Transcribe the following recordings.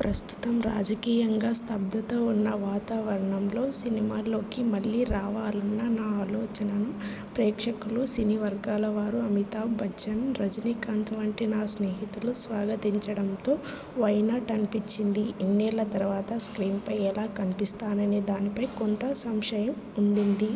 ప్రస్తుతం రాజకీయంగా స్తబ్దత ఉన్న వాతావరణంలో సినిమాల్లోకి మళ్లీ రావాలన్న నా ఆలోచనను ప్రేక్షకులు, సినీ వర్గాల వారు, అమితాబ్ బచ్చన్, రజనీకాంత్ వంటి నా స్నేహితులు స్వాగతించడంతో 'వై నాట్' అనిపించింది. ఇన్నేళ్ల తర్వాత స్క్రీన్ పై ఎలా కనిపిస్తాననే దానిపై కొంత సంశయం ఉండింది.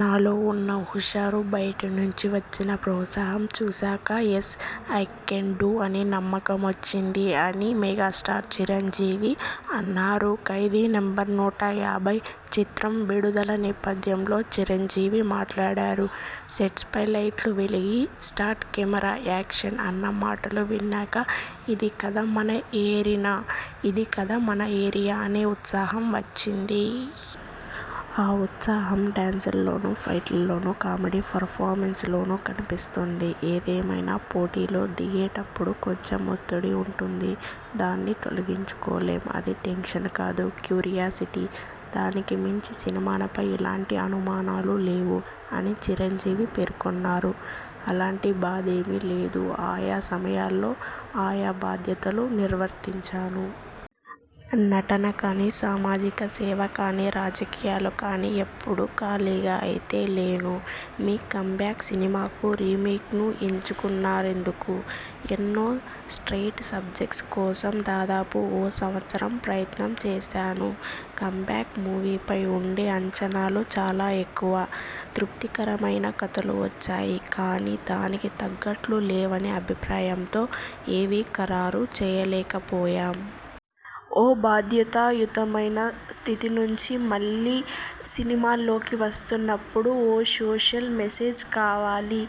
నాలో ఉన్న హుషారు, బయటి నుంచి వచ్చిన ప్రోత్సాహం చూశాక 'యస్ ఐ కెన్ డు' అనే నమ్మకమొచ్చింది. అని మెగాస్టార్ చిరంజీవి అన్నారు. ఖైదీ నంబరు నూట యాభై' చిత్రం విడుదల నేపథ్యంలో చిరంజీవి మాట్లాడారు. సెట్స్పై లైట్లు వెలిగి స్టార్ట్ కెమెరా యాక్షన్ అన్న మాటలు విన్నాక ఇది కదా మన ఎరీనా, ఇది కదా మన ఏరియా అనే ఉత్సాహం వచ్చింది. ఆ ఉత్సాహం డాన్సుల్లోనూ, ఫైట్స్లోనూ, కామెడీ పర్ఫార్మెన్సు లోనూ కనిపిస్తుంది. ఏదేమైనా పోటీలో దిగేటప్పుడు కొంచెం ఒత్తిడి ఉంటుంది. దాన్ని తొలగించుకోలేం. అది టెన్షన్ కాదు, క్యూరియాసిటీ. దానికి మించి సినిమాపై ఎలాంటి అనుమానాలు లేవు. అని చిరంజీవి పేర్కొన్నారు. అలాంటి బాధేమీ లేదు. ఆయా సమయాల్లో ఆ యా బాధ్యతలు నిర్వర్తించాను. నటన కానీ, సామాజిక సేవ కానీ, రాజకీయాలు కానీ ఎప్పుడూ ఖాళీగా అయితే లేను. మీ కమ్బ్యాక్ సినిమాకు రీమేక్ను ఎంచుకున్నారెందుకు? ఎన్నో స్ట్రయిట్ సబ్జెక్ట్స్ కోసం దాదాపు ఓ సంవత్సరం ప్రయత్నం చేశాను. కమ్ బ్యాక్ మూవీపై ఉండే అంచనాలు చాలా ఎక్కువ. తృప్తికరమైన కథలు వచ్చాయి కానీ దానికి తగ్గట్లు లేవనే అభిప్రాయంతో ఏవీ ఖరారు చేయలేకపోయాం. ఓ బాధ్యతాయుతమైన స్థితి నుంచి మళ్లీ సినిమాల్లోకి వస్తున్నప్పుడు ఓ సోషల్ మెసేజ్ కావాలి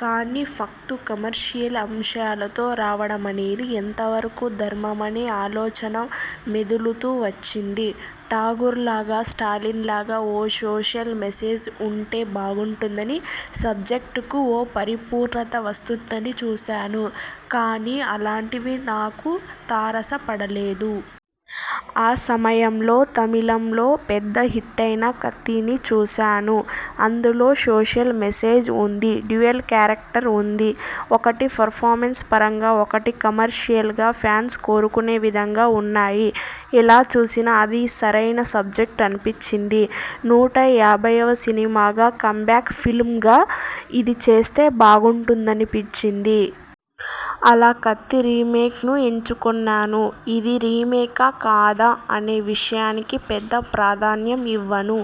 కానీ ఫక్తు కమర్షియల్ అంశాలతో రావడమనేది ఎంతవరకు ధర్మమనే ఆలోచన మెదలుతూ వచ్చింది. 'ఠాగూర్'లాగా, 'స్టాలిన్'లాగా ఓ సోషల్ మెసేజ్ ఉంటే బాగుంటుందనీ, సబ్జెక్టు కు ఓ పరిపూర్ణత వస్తుందనీ చూశాను కానీ, అలాంటివి నాకు తారస పడలేదు. ఆ సమయంలో తమిళంలో పెద్ద హిట్టయిన 'కత్తి'ని చూశాను. అందులో సోషల్ మెసేజ్ ఉంది. డ్యూయెల్ కేరక్టర్ ఉంది. ఒకటి పర్ఫార్మెన్స్ పరంగా, ఒకటి కమర్షియల్గా ఫ్యాన్స్ కోరుకునే విధంగా ఉన్నాయి. ఎలా చూసినా అది సరైన సబ్జెక్టు అనిపించింది. నూట యాభైవ సినిమాగా, కమ్ బ్యాక్ ఫిల్మ్గా ఇది చేస్తే బాగుంటుందనిపించింది. అలా 'కత్తి' రీమేక్ను ఎంచుకొన్నాను. ఇది రీమేకా, కాదా అనే విషయానికి పెద్ద ప్రాధాన్యం ఇవ్వను.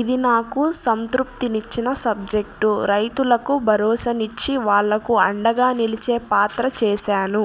ఇది నాకు సంతృప్తినిచ్చిన సబ్జెక్టు. రైతులకు భరోసానిచ్చి, వాళ్లకు అండగా నిలిచే పాత్ర చేశాను.